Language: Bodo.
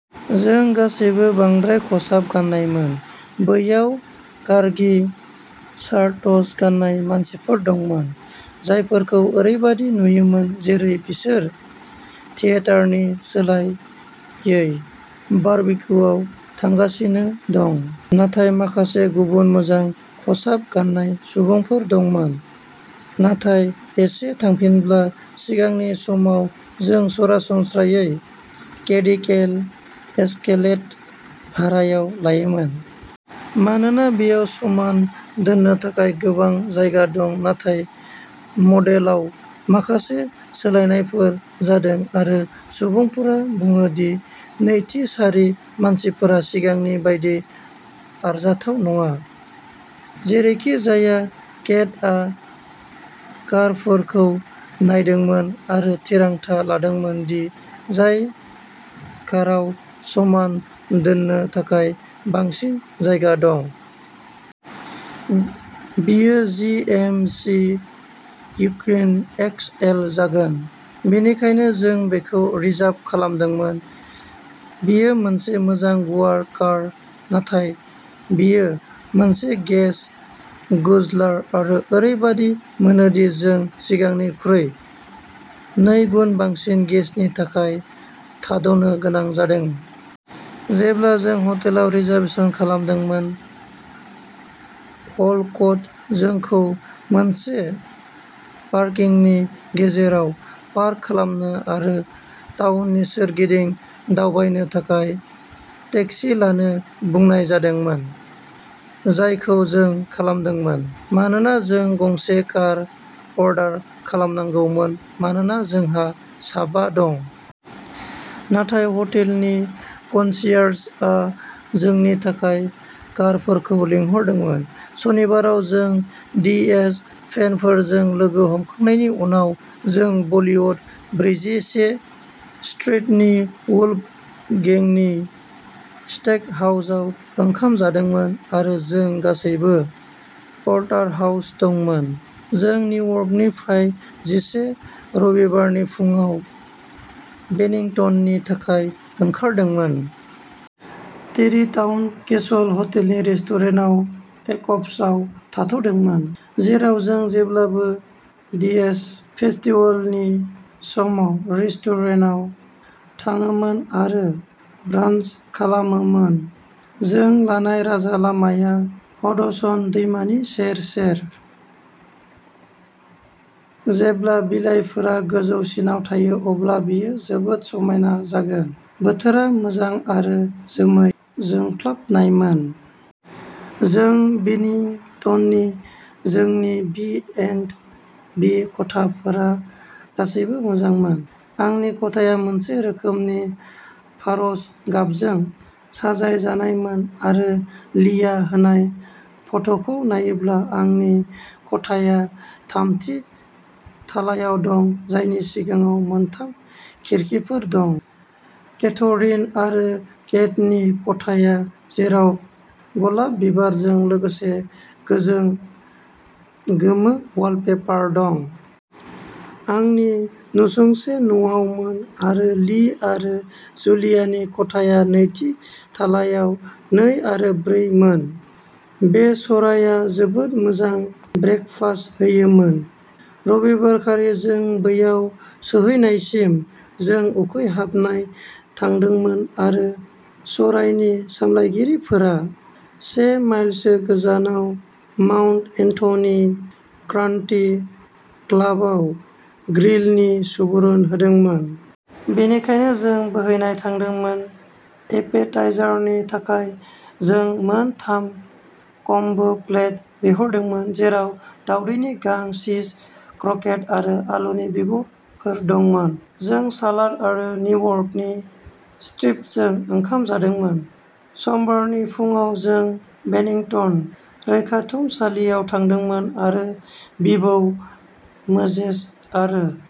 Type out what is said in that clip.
जों गासैबो बांद्राय खसाब गाननायमोन। बैयाव कारगि शारटस गाननाय मानसिफोर दंमोन। जायफोरखौ ओरैबायदि नुयोमोन जेरै बिसोर थियेटारनि सोलायै बारबिक्युआव थांगासिनो दं। नाथाय माखासे गुबुन मोजां खसाब गाननाय सुबुंफोर दंमोन। नाथाय एसे थांफिनब्ला सिगांनि समाव जों सरासनस्रायै केडिलेक एस्केलेड भारायाव लायोमोन। मानोना बेयाव समान दोननो थाखाय गोबां जायगा दं। नाथाय मडेलाव माखासे सोलायनायफोर जादों आरो सुबुंफोरा बुङो दि नैथि सारि मासिफोरा सिगांनि बायदि आरजाथाव नङा। जेरैखिजाया केटआ कारफोरखौ नायदोंमोन आरो थिरांथा लादोंमोन दि जाय काराव समान दोननो थाखाय बांसिन जायगा दं। बियो जि. एम. सि. युकन एक्स. एल. जागोन। बेनिखायनो जों बेखौ रिजार्भ खालामदोंमोन। बेयो मोनसे मोजां गुवार कार नाथाय बेयो मोनसे गेस गुज्लार आरो ओरैबादि मोनोदि जों सिगांनिख्रुइ नैगुन बांसिन गेसनि थाखाय थाद'नो गोनां जादों। जेब्ला जों हटेलाव रिजारभेसन खालामदोंमोन। वलकट जोंखौ मोनसे पारकिंनि गेरेजाव पार्क खालामनो आरो टाउननि सोरगिदिं दावबायनो थाखाय टेक्सि लानो बुंनाय जादोंमोन। जायखौ जों खालामदोंमोन। मानोना जों गंसे कार अर्डार खालामनांगौमोन मानोना जोंहा सा बा दं। नाथाय हटेलनि कनसियारजआ जोंनि थाखाय कारफोरखौ लिंहरदोंमोन। सनिबाराव जों डीएस फेनफोरजों लोगो हमखांनायनि उनाव जों बलिउड ब्रैजिसे स्ट्रीटनि वोल्फगेंनि स्टेकहाउसाव ओंखाम जादोंमोन आरो जों गासैबो परटारहाउस दंमोन। जों निउयर्कनिफ्राय जिसे रबिबारनि फुंआव बेनिंटननि थाखाय ओंखारदोंमोन। टेरिटाउन केसल हटेलनि रेस्टुरेन्ट एक्वसआव थाद'दोंमोन। जेराव जों जेब्लाबो डीएस फेस्टिवलनि समाव रेस्टुरेन्टआव थाङोमोन आरो ब्रान्स खालामोमोन। जों लानाय राजालामाया हडसन दैमानि सेर सेर। जेब्ला बिलाइफोरा गोजौसिनाव थायो अब्ला बेयो जोबोद समायना जागोन। बोथोरा मोजां आरो जोमै जोंख्लाबनायमोन। जों बेनिंटननि जोंनि बी. एन्ड. बी. खथाफोरा गासैबो मोजांमोन। आंनि खथाया मोनसे रोखोमनि फारज गाबजों साजायजानायमोन आरो लीया होनाय फट'खौ नायोब्ला आंनि खथाया थामथि थालायाव दं जायनि सिगाङाव मोनथाम खिरखिफोर दं। केथरिन आरो केटनि खथाया, जेराव गलाब बिबारजों लोगोसे गोजों गोमो वालपेपर दं। आंनि नसुंसे न'आवमोन आरो ली आरो जुलियानि खथाया नैथि थालायाव नै आरो ब्रै मोन। बे सरायआ जोबोद मोजां ब्रेकफास्ट होयोमोन। रबिबारखालि जों बैयाव सौहैनायसिम जों उखैहाबबाय थांदोंमोन आरो सरायनि सामलायगिरिफोरा से माइलसो गोजानाव माउन्ट एन्थनी कान्ट्री क्लाबआव ग्रिलनि सुबुरुन होदोंमोन। बेनिखायनो जों बैहाय थांदोंमोन। एपेटाइजारनि थाखाय जों मोन थाम कम्बो प्लेट बिहरदोंमोन जेराव दावदैनि गां, चीज, क्रकेट आरो आलुनि बिगुरफोर दंमोन। जों सालाद आरो निउयर्क स्ट्रिप्सजों ओंखाम जादोंमोन। समबारनि फुंआव जों बेनिंटन रैखाथुमसालियाव थांदोंमोन आरो बिबौ मोजेस आरो